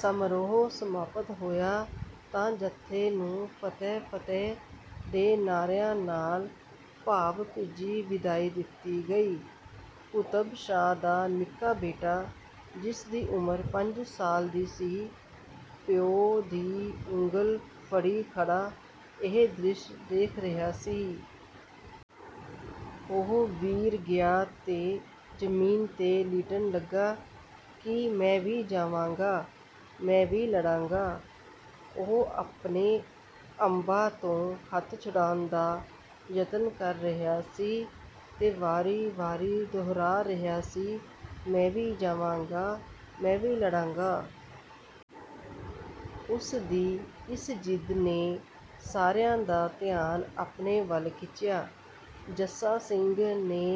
ਸਮਾਰੋਹ ਸਮਾਪਤ ਹੋਇਆ ਤਾਂ ਜੱਥੇ ਨੂੰ "ਫਤਹਿ-ਫਤਹਿ" ਦੇ ਨਾਅਰਿਆਂ ਨਾਲ ਭਾਵ-ਭਿੱਜੀ ਵਿਦਾਈ ਦਿੱਤੀ ਗਈ। ਕੁਤਬ ਸ਼ਾਹ ਦਾ ਨਿੱਕਾ ਬੇਟਾ, ਜਿਸਦੀ ਉਮਰ ਪੰਜ ਸਾਲ ਦੀ ਸੀ, ਪਿਓ ਦੀ ਉਂਗਲ ਫੜੀ ਖੜ੍ਹਾ ਇਹ ਦ੍ਰਿਸ਼ ਦੇਖ ਰਿਹਾ ਸੀ। ਉਹ ਵੀਰ ਗਿਆ ਤੇ ਜਮੀਨ ਤੇ ਲਿੱਟਣ ਲੱਗਾ ਕਿ "ਮੈਂ ਵੀ ਜਾਵਾਂਗਾ, ਮੈਂ ਵੀ ਲੜਾਂਗਾ।" ਉਹ ਆਪਣੇ ਅੱਬਾ ਤੋਂ ਹੱਥ ਛੁਡਾਉਣ ਦਾ ਯਤਨ ਕਰ ਰਿਹਾ ਸੀ ਤੇ ਵਾਰੀ-ਵਾਰੀ ਦੁਹਰਾ ਰਿਹਾ ਸੀ, "ਮੈਂ ਵੀ ਜਾਵਾਂਗਾ, ਮੈਂ ਵੀ ਲੜਾਂਗਾ।" ਉਸਦੀ ਇਸ ਜਿੱਦ ਨੇ ਸਾਰਿਆਂ ਦਾ ਧਿਆਨ ਆਪਣੇ ਵੱਲ ਖਿੱਚਿਆ। ਜੱਸਾ ਸਿੰਘ ਨੇ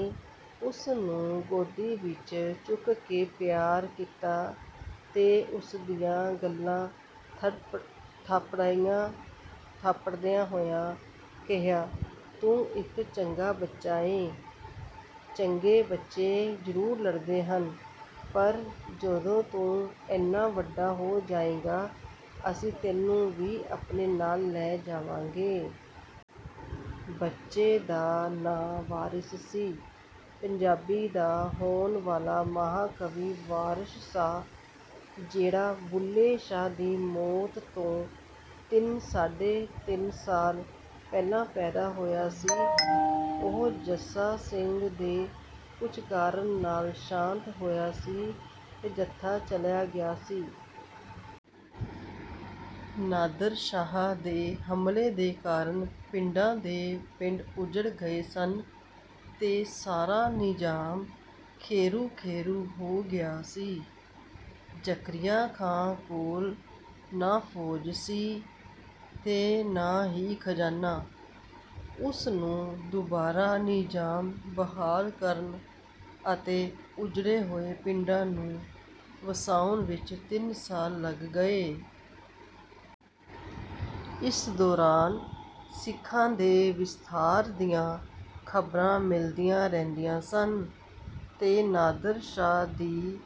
ਉਸਨੂੰ ਗੋਦੀ ਵਿੱਚ ਚੁੱਕ ਕੇ ਪਿਆਰ ਕੀਤਾ ਤੇ ਉਸਦੀਆਂ ਗੱਲਾਂ ਥਾਪੜਦਿਆਂ ਹੋਇਆਂ ਕਿਹਾ, "ਤੂੰ ਇੱਕ ਚੰਗਾ ਬੱਚਾ ਏਂ। ਚੰਗੇ ਬੱਚੇ ਜ਼ਰੂਰ ਲੜਦੇ ਨੇ, ਪਰ ਜਦੋਂ ਤੂੰ ਇੰਨਾ ਵੱਡਾ ਹੋ ਜਾਏਂਗਾ, ਅਸੀਂ ਤੈਨੂੰ ਵੀ ਆਪਣੇ ਨਾਲ ਲੈ ਜਾਵਾਂਗੇ।" ਬੱਚੇ ਦਾ ਨਾਂ ਵਾਰਿਸ ਸੀ, ਪੰਜਾਬੀ ਦਾ ਹੋਣ ਵਾਲਾ ਮਹਾਂਕਵੀ ਵਾਰਿਸ ਸ਼ਾਹ, ਜਿਹੜਾ ਬੁੱਲ੍ਹੇ ਸ਼ਾਹ ਦੀ ਮੌਤ ਤੋਂ ਤਿੰਨ-ਸਾਢੇ ਤਿੰਨ ਸਾਲ ਪਹਿਲਾਂ ਪੈਦਾ ਹੋਇਆ ਸੀ। ਉਹ ਜੱਸਾ ਸਿੰਘ ਦੇ ਪੁਚਕਾਰਨ ਨਾਲ ਸ਼ਾਂਤ ਹੋਇਆ ਸੀ ਤੇ ਜੱਥਾ ਚਲਾ ਗਿਆ ਸੀ। ਨਾਦਰ ਸ਼ਾਹ ਦੇ ਹਮਲੇ ਦੇ ਕਾਰਨ ਪਿੰਡਾਂ ਦੇ ਪਿੰਡ ਉੱਜੜ ਗਏ ਸਨ ਤੇ ਸਾਰਾ ਨਿਜ਼ਾਮ ਖੇਰੂ-ਖੇਰੂ ਹੋ ਗਿਆ ਸੀ। ਜ਼ਕਰੀਆ ਖਾਂ ਕੋਲ ਨਾ ਫੌਜ ਸੀ ਤੇ ਨਾ ਹੀ ਖਜਾਨਾ। ਉਸਨੂੰ ਦੁਬਾਰਾ ਨਿਜ਼ਾਮ ਬਹਾਲ ਕਰਨ ਅਤੇ ਉੱਜੜੇ ਹੋਏ ਪਿੰਡਾਂ ਨੂੰ ਵਸਾਉਣ ਵਿੱਚ ਤਿੰਨ ਸਾਲ ਲੱਗ ਗਏ। ਇਸ ਦੌਰਾਨ ਸਿੱਖਾਂ ਦੇ ਵਿਸਥਾਰ ਦੀਆਂ ਖ਼ਬਰਾਂ ਮਿਲਦੀਆਂ ਰਹਿੰਦੀਆਂ ਸਨ ਤੇ ਨਾਦਰ ਸ਼ਾਹ ਦੀ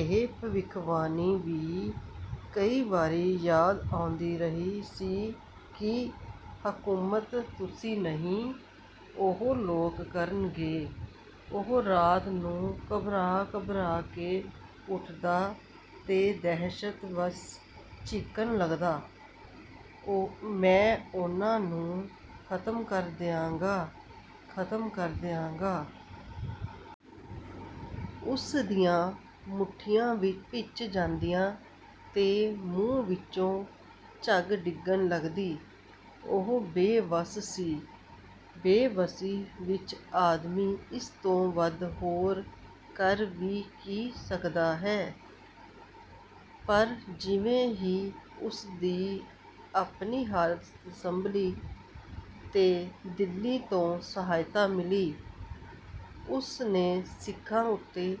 ਇਹ ਭਵਿੱਖਬਾਣੀ ਵੀ ਕਈ ਵਾਰੀ ਯਾਦ ਆਉਂਦੀ ਰਹੀ ਸੀ ਕਿ "ਹਕੂਮਤ ਤੁਸੀਂ ਨਹੀਂ, ਉਹ ਲੋਕ ਕਰਨਗੇ।" ਉਹ ਰਾਤ ਨੂੰ ਘਬਰਾ-ਘਬਰਾ ਕੇ ਉੱਠਦਾ ਤੇ ਦਹਿਸ਼ਤ ਵੱਸ ਚੀਕਣ ਲੱਗਦਾ, "ਮੈਂ ਉਹਨਾਂ ਨੂੰ ਖ਼ਤਮ ਕਰ ਦਿਆਂਗਾ, ਖ਼ਤਮ ਕਰ ਦਿਆਂਗਾ।" ਉਸਦੀਆਂ ਮੁੱਠੀਆਂ ਭਿੰਚ ਜਾਂਦੀਆਂ ਤੇ ਮੂੰਹ ਵਿੱਚੋਂ ਝੱਗ ਡਿੱਗਣ ਲੱਗਦੀ। ਉਹ ਬੇਵੱਸ ਸੀ। ਬੇਵੱਸੀ ਵਿੱਚ ਆਦਮੀ ਇਸ ਤੋਂ ਵੱਧ ਹੋਰ ਕਰ ਵੀ ਕੀ ਸਕਦਾ ਹੈ? ਪਰ ਜਿਵੇਂ ਹੀ ਉਸਦੀ ਆਪਣੀ ਹਾਲਤ ਸੰਭਲੀ ਤੇ ਦਿੱਲੀ ਤੋਂ ਸਹਾਇਤਾ ਮਿਲੀ, ਉਸਨੇ ਸਿੱਖਾਂ ਉੱਤੇ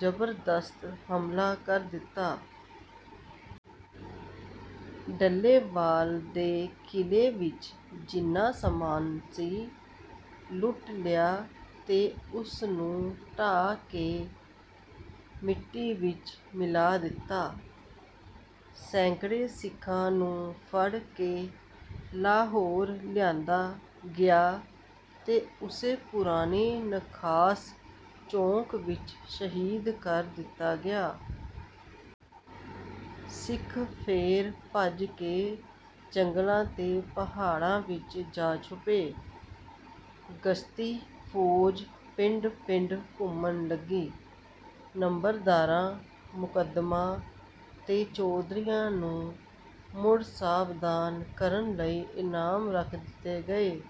ਜ਼ਬਰਦਸਤ ਹਮਲਾ ਕਰ ਦਿੱਤਾ। ਡੱਲੇਵਾਲ ਦੇ ਕਿਲੇ ਵਿੱਚ ਜਿੰਨਾ ਸਾਮਾਨ ਸੀ, ਲੁੱਟ ਲਿਆ ਤੇ ਉਸਨੂੰ ਢਾਹ ਕੇ ਮਿੱਟੀ ਵਿੱਚ ਮਿਲਾ ਦਿੱਤਾ। ਸੈਂਕੜੇ ਸਿੱਖਾਂ ਨੂੰ ਫੜ ਕੇ ਲਾਹੌਰ ਲਿਆਂਦਾ ਗਿਆ ਤੇ ਉਸੇ ਪੁਰਾਣੇ ਨਖਾਸ ਚੌਂਕ ਵਿੱਚ ਸ਼ਹੀਦ ਕਰ ਦਿੱਤਾ ਗਿਆ। ਸਿੱਖ ਫੇਰ ਭੱਜ ਕੇ ਜੰਗਲਾਂ ਤੇ ਪਹਾੜਾਂ ਵਿੱਚ ਜਾ ਛੁਪੇ। ਗਸ਼ਤੀ-ਫੌਜ ਪਿੰਡ-ਪਿੰਡ ਘੁੰਮਣ ਲੱਗੀ। ਨੰਬਰਦਾਰਾਂ, ਮੁਕੱਦਮਾਂ ਤੇ ਚੌਧਰੀਆਂ ਨੂੰ ਮੁੜ ਸਾਵਧਾਨ ਕਰਨ ਲਈ ਇਨਾਮ ਰੱਖ ਦਿੱਤੇ ਗਏ।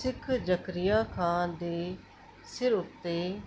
ਸਿੱਖ ਜ਼ਕਰੀਆ ਖਾਂ ਦੇ ਸਿਰ ਉੱਤੇ